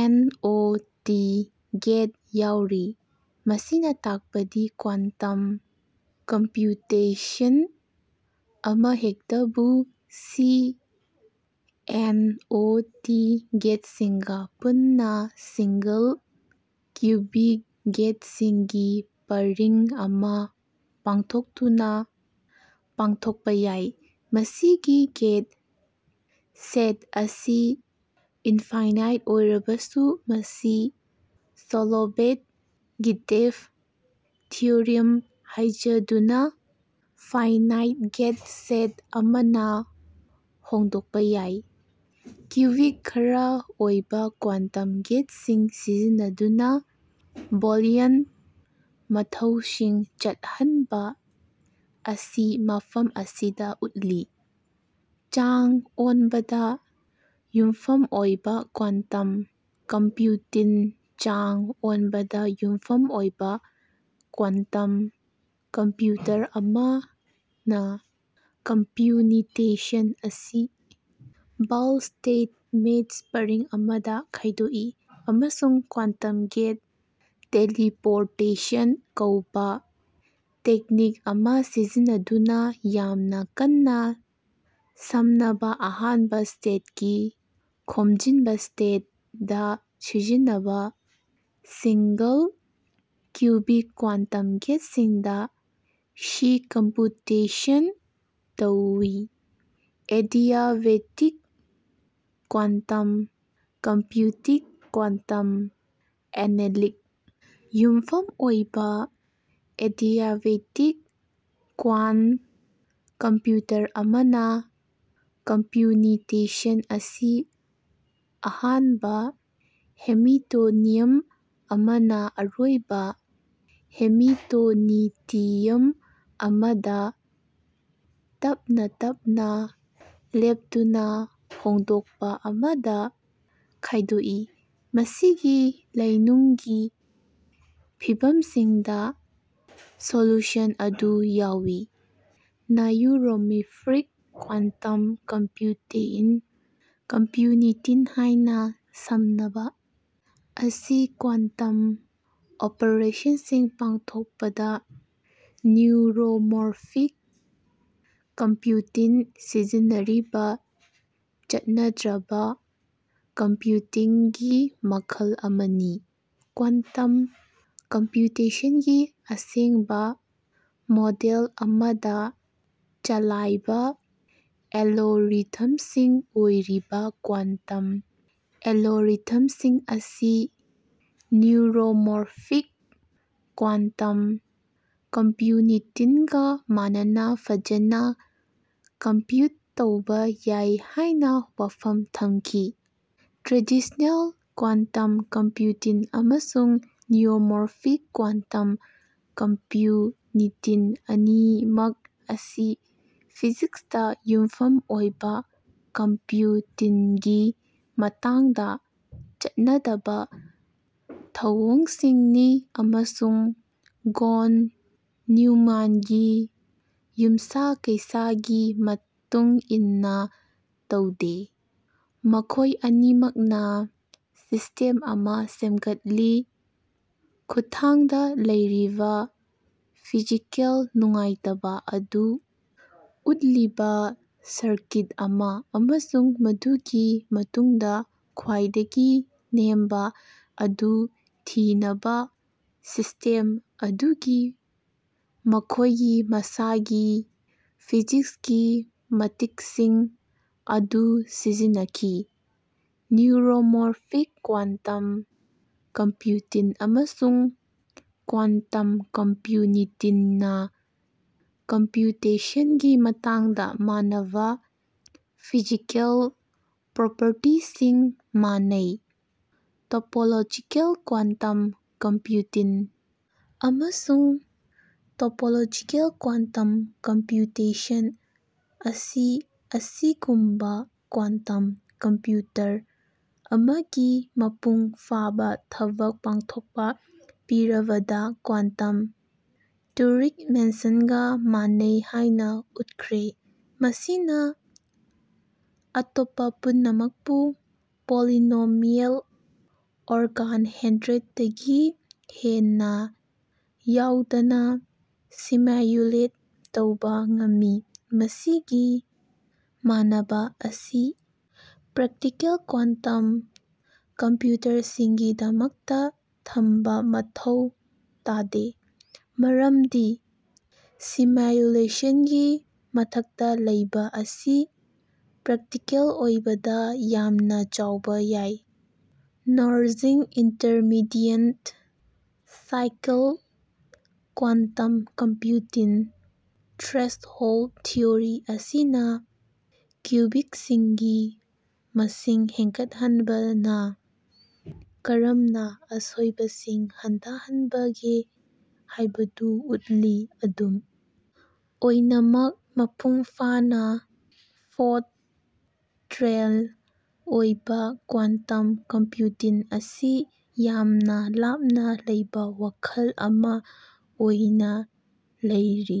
And. O. T. Get ꯌꯥꯎꯔꯤ꯫ ꯃꯁꯤꯅ ꯇꯥꯛꯄꯗꯤ ꯀ꯭ꯋꯥꯟꯇꯝ ꯀꯝꯄ꯭ꯌꯨꯇꯦꯁꯟ ꯑꯃꯍꯦꯛꯇꯕꯨ ꯁꯤ. ꯑꯦꯟ. ꯑꯣ. ꯇꯤ. ꯒꯦꯠꯁꯤꯡꯒ ꯄꯨꯟꯅ ꯁꯤꯡꯒꯜ-ꯀ꯭ꯌꯨꯕꯤꯠ ꯒꯦꯠꯁꯤꯡꯒꯤ ꯄꯔꯤꯡ ꯑꯃ ꯄꯥꯡꯊꯣꯛꯇꯨꯅ ꯄꯥꯡꯊꯣꯛꯄ ꯌꯥꯏ꯫ ꯃꯁꯤꯒꯤ ꯒꯦꯠ ꯁꯦꯠ ꯑꯁꯤ ꯏꯟꯐꯥꯏꯅꯥꯏꯠ ꯑꯣꯏꯔꯕꯁꯨ, ꯃꯁꯤ ꯁꯣꯂꯣꯚꯦ-ꯀꯤꯇꯦꯚ ꯊꯤꯑꯣꯔꯦꯝ ꯍꯥꯏꯖꯗꯨꯅ ꯐꯥꯏꯅꯥꯏꯠ ꯒꯦꯠ ꯁꯦꯠ ꯑꯃꯅ ꯍꯣꯡꯗꯣꯛꯄ ꯌꯥꯏ꯫ ꯀ꯭ꯌꯨꯕꯤꯠ-ꯈꯔ ꯑꯣꯏꯕ ꯀ꯭ꯋꯥꯟꯇꯝ ꯒꯦꯠꯁꯤꯡ ꯁꯤꯖꯤꯟꯅꯗꯨꯅ ꯕꯣꯂꯤꯌꯟ ꯃꯊꯧꯁꯤꯡ ꯆꯠꯅꯍꯟꯕ ꯑꯁꯤ ꯃꯐꯝ ꯑꯁꯤꯗ ꯎꯠꯂꯤ꯫ ꯆꯥꯡ ꯑꯣꯟꯕꯗ ꯌꯨꯝꯐꯝ ꯑꯣꯏꯕ ꯀ꯭ꯋꯥꯟꯇꯝ ꯀꯝꯄꯨꯇꯤꯡ ꯆꯥꯡ ꯑꯣꯟꯕꯗ ꯌꯨꯝꯐꯝ ꯑꯣꯏꯕ ꯀ꯭ꯋꯥꯟꯇꯝ ꯀꯝꯄ꯭ꯌꯨꯇꯔ ꯑꯃꯅ ꯀꯝꯄ꯭ꯌꯨꯅꯤꯇꯦꯁꯟ ꯑꯁꯤ ꯕꯦꯜ ꯁ꯭ꯇꯦꯠ ꯃꯦꯆꯔꯁ ꯄꯔꯤꯡ ꯑꯃꯗ ꯈꯥꯏꯗꯣꯛꯏ ꯑꯃꯁꯨꯡ ꯀ꯭ꯋꯥꯟꯇꯝ ꯒꯦꯠ ꯇꯦꯂꯤꯄꯣꯔꯇꯦꯁꯟ ꯀꯧꯕ ꯇꯦꯛꯅꯤꯛ ꯑꯃ ꯁꯤꯖꯤꯟꯅꯗꯨꯅ ꯌꯥꯝꯅ ꯀꯟꯅ ꯁꯝꯅꯕ ꯑꯍꯥꯟꯕ ꯁ꯭ꯇꯦꯠꯀꯤ (ꯈꯣꯝꯖꯤꯟꯕ ꯁ꯭ꯇꯦꯠ) ꯗ ꯁꯤꯖꯤꯟꯅꯕ ꯁꯤꯡꯒꯜ-ꯀ꯭ꯌꯨꯕꯤꯠ ꯀ꯭ꯋꯥꯟꯇꯝ ꯒꯦꯠꯁꯤꯡꯗ ꯁꯤꯀꯝꯄꯨꯇꯦꯁꯟ ꯇꯧꯋꯤ꯫ Adiabatic quantum computing quantum annealing ꯌꯨꯝꯐꯝ ꯑꯣꯏꯕ ꯑꯦꯗꯤꯌꯥꯕꯦꯇꯤꯛ ꯀ꯭ꯋꯥꯟꯠꯝ ꯀꯝꯄ꯭ꯌꯨꯇꯔ ꯑꯃꯅ, ꯀꯝꯄ꯭ꯌꯨꯅꯤꯇꯦꯁꯟ ꯑꯁꯤ ꯑꯍꯥꯟꯕ ꯍꯦꯃꯤꯇꯣꯅꯤꯌꯟ ꯑꯃꯅ ꯑꯔꯣꯏꯕ ꯍꯦꯃꯤꯇꯣꯅꯤꯇꯤꯌꯟ ꯑꯃꯗ ꯇꯞꯅ ꯇꯞꯅ ꯂꯦꯞꯇꯅ ꯍꯣꯡꯗꯣꯛꯄ ꯑꯃꯗ ꯈꯥꯏꯗꯣꯛꯏ, ꯃꯁꯤꯒꯤ ꯂꯩꯅꯨꯡꯒꯤ ꯐꯤꯚꯝꯁꯤꯡꯗ ꯁꯣꯂꯨꯁꯟ ꯑꯗꯨ ꯌꯥꯎꯏ꯫ ꯅ꯭ꯌꯨꯔꯣꯃꯣꯐ꯭ꯔꯤꯛ ꯀ꯭ꯋꯥꯟꯇꯝ ꯀꯝꯄ꯭ꯌꯨꯇꯤꯡ ("ꯀꯝꯄ꯭ꯌꯨꯅꯤꯇꯤꯡ " ꯍꯥꯏꯅ ꯁꯝꯅꯕ) ꯑꯁꯤ ꯀ꯭ꯋꯥꯟꯇꯝ ꯑꯣꯄꯔꯦꯁꯟꯁꯤꯡ ꯄꯥꯡꯊꯣꯛꯄꯗ ꯅ꯭ꯌꯨꯔꯣꯃꯣꯔꯐꯤꯛ ꯀꯝꯄ꯭ꯌꯨꯇꯤꯡ ꯁꯤꯖꯤꯟꯅꯔꯤꯕ ꯆꯠꯅꯗ꯭ꯔꯕ ꯀꯝꯄ꯭ꯌꯨꯇꯤꯡꯒꯤ ꯃꯈꯜ ꯑꯃꯅꯤ꯫ ꯀ꯭ꯋꯥꯟꯇꯝ ꯀꯝꯄ꯭ꯌꯨꯇꯦꯁꯟꯒꯤ ꯑꯁꯦꯡꯕ ꯃꯣꯗꯦꯜ ꯑꯃꯗ ꯆꯂꯥꯏꯕ ꯑꯦꯂꯣꯔꯤꯊꯝꯁꯤꯡ ꯑꯣꯏꯔꯤꯕ ꯀ꯭ꯋꯥꯟꯇꯝ ꯑꯦꯂꯣꯔꯤꯊꯝꯁꯤꯡ ꯑꯁꯤ ꯅ꯭ꯌꯨꯔꯣꯃꯣꯐ꯭ꯔꯤꯛ ꯀ꯭ꯋꯥꯟꯇꯝ ꯀꯝꯄ꯭ꯌꯨꯅꯤꯇꯤꯡꯒ ꯃꯥꯟꯅꯅ ꯐꯖꯅ ꯀꯝꯄ꯭ꯌꯨꯠ ꯇꯧꯕ ꯌꯥꯏ ꯍꯥꯏꯅ ꯋꯥꯐꯝ ꯊꯝꯈꯤ꯫ ꯇ꯭ꯔꯦꯗꯤꯁꯅꯦꯜ ꯀ꯭ꯋꯥꯟꯇꯝ ꯀꯝꯄ꯭ꯌꯨꯇꯤꯡ ꯑꯃꯁꯨꯡ ꯅ꯭ꯌꯨꯔꯣꯃꯣꯔꯐꯤꯛ ꯀ꯭ꯋꯥꯟꯇꯝ ꯀꯝꯄ꯭ꯌꯨꯅꯤꯇꯤꯡ ꯑꯅꯤꯃꯛ ꯑꯁꯤ ꯐꯤꯖꯤꯛꯁꯇ ꯌꯨꯝꯐꯝ ꯑꯣꯏꯕ ꯀꯝꯄ꯭ꯌꯨꯇꯤꯡꯒꯤ ꯃꯇꯥꯡꯗ ꯆꯠꯅꯗꯕ ꯊꯧꯑꯣꯡꯁꯤꯡꯅꯤ ꯑꯃꯁꯨꯡ ꯚꯣꯟ ꯅ꯭ꯌꯨꯃꯥꯟꯒꯤ ꯌꯨꯝꯁꯥ-ꯀꯩꯁꯥꯒꯤ ꯃꯇꯨꯡ ꯏꯟꯅ ꯇꯧꯗꯦ꯫ ꯃꯈꯣꯏ ꯑꯅꯤꯃꯛꯅ ꯁꯤꯁꯇꯦꯝ ꯑꯃ ꯁꯦꯝꯒꯠꯂꯤ (ꯈꯨꯊꯥꯡꯗ ꯂꯩꯔꯤꯕ ꯐꯤꯖꯤꯀꯦꯜ ꯅꯨꯡꯉꯥꯏꯇꯕ ꯑꯗꯨ ꯎꯠꯂꯤꯕ ꯁꯔꯀꯤꯠ ꯑꯃ) ꯑꯃꯁꯨꯡ ꯃꯗꯨꯒꯤ ꯃꯇꯨꯡꯗ "ꯈ꯭ꯋꯥꯏꯗꯒꯤ ꯅꯦꯝꯕ" ꯑꯗꯨ ꯊꯤꯅꯕ ꯁꯤꯁꯇꯤꯝ ꯑꯗꯨꯒꯤ ꯃꯈꯣꯏꯒꯤ ꯃꯁꯥꯒꯤ ꯐꯤꯖꯤꯛꯁꯀꯤ ꯃꯇꯤꯛꯁꯤꯡ ꯑꯗꯨ ꯁꯤꯖꯤꯟꯅꯈꯤ꯫ ꯅ꯭ꯌꯨꯔꯣꯃꯣꯐ꯭ꯔꯤꯛ ꯀ꯭ꯋꯥꯟꯇꯝ ꯀꯝꯄ꯭ꯌꯨꯇꯤꯡ ꯑꯃꯁꯨꯡ ꯀ꯭ꯋꯥꯟꯠꯝ ꯀꯝꯄ꯭ꯌꯨꯅꯤꯇꯤꯡꯅ ꯀꯝꯄ꯭ꯌꯨꯇꯦꯁꯟꯒꯤ ꯃꯇꯝꯗ ꯃꯥꯟꯅꯕ ꯐꯤꯖꯤꯀꯦꯜ ꯄ꯭ꯔꯣꯄꯔꯇꯤꯁꯤꯡ ꯃꯥꯟꯅꯩ꯫ ꯇꯣꯄꯣꯂꯣꯖꯤꯀꯦꯜ ꯀ꯭ꯋꯥꯟꯇꯝ ꯀꯝꯄꯨꯇꯤꯡ ꯑꯃꯁꯨꯡ ꯇꯣꯄꯣꯂꯣꯖꯤꯀꯦꯜ ꯀ꯭ꯋꯥꯟꯠꯝ ꯀꯝꯄ꯭ꯌꯨꯇꯦꯁꯟ -ꯑꯁꯤ ꯑꯁꯤꯒꯨꯝꯕ ꯀ꯭ꯋꯥꯟꯇꯝ ꯀꯝꯄ꯭ꯌꯨꯇꯔ ꯑꯃꯒꯤ ꯃꯄꯨꯡ ꯐꯥꯕ ꯊꯕꯛ ꯄꯥꯡꯊꯣꯛꯄ ꯄꯤꯔꯕꯗ ꯀ꯭ꯋꯥꯟꯇꯝ ꯇꯨꯔꯤꯡ ꯃꯦꯁꯤꯟꯒ ꯃꯥꯟꯅꯩ ꯍꯥꯏꯅ ꯎꯠꯈ꯭ꯔꯦ, ꯃꯁꯤꯅ ꯑꯇꯣꯞꯄ ꯄꯨꯝꯅꯃꯛꯄꯨ ꯄꯣꯂꯤꯅꯣꯃꯤꯌꯦꯜ ꯑꯣꯚꯔꯍꯦꯗꯇꯒꯤ ꯍꯦꯟꯅ ꯌꯥꯎꯗꯅ ꯁꯤꯃ꯭ꯌꯨꯂꯦꯠ ꯇꯧꯕ ꯉꯝꯃꯤ꯫ ꯃꯁꯤꯒꯤ ꯃꯥꯟꯅꯕ ꯑꯁꯤ ꯄ꯭ꯔꯦꯛꯇꯤꯀꯦꯜ ꯀ꯭ꯋꯥꯟꯇꯝ ꯀꯝꯄ꯭ꯌꯨꯇꯔꯁꯤꯡꯒꯤꯗꯃꯛꯇ ꯊꯝꯕ ꯃꯊꯧ ꯇꯥꯗꯦ, ꯃꯔꯝꯗꯤ ꯁꯤꯃ꯭ꯌꯨꯂꯦꯁꯟꯒꯤ ꯃꯊꯛꯇ ꯂꯩꯕ ꯑꯁꯤ ꯄ꯭ꯔꯦꯛꯇꯤꯀꯦꯜ ꯑꯣꯏꯕꯗ ꯌꯥꯝꯅ ꯆꯥꯎꯕ ꯌꯥꯏ꯫ Noisy intermediate scale quantum computing threshold theorem ꯑꯁꯤꯅ ꯀ꯭ꯌꯨꯕꯤꯛꯁꯤꯡꯒꯤ ꯃꯁꯤꯡ ꯍꯦꯟꯒꯠꯍꯟꯕꯅ ꯀꯔꯝꯅ ꯑꯁꯣꯏꯕꯁꯤꯡ ꯍꯟꯊꯍꯟꯕꯒꯦ ꯍꯥꯏꯕꯗꯨ ꯎꯠꯂꯤ, ꯑꯗꯨꯝ ꯑꯣꯏꯅꯃꯛ ꯃꯄꯨꯡꯐꯥꯅ ꯐꯣꯜꯠ-ꯇꯣꯜꯔꯦꯟ ꯑꯣꯏꯕ ꯀ꯭ꯋꯥꯟꯇꯝ ꯀꯝꯄ꯭ꯌꯨꯇꯤꯡ ꯑꯁꯤ "ꯌꯥꯝꯅ ꯂꯥꯞꯅ ꯂꯩꯕ ꯋꯥꯈꯜ ꯑꯃ" ꯑꯣꯏꯅ ꯂꯩꯔꯤ꯫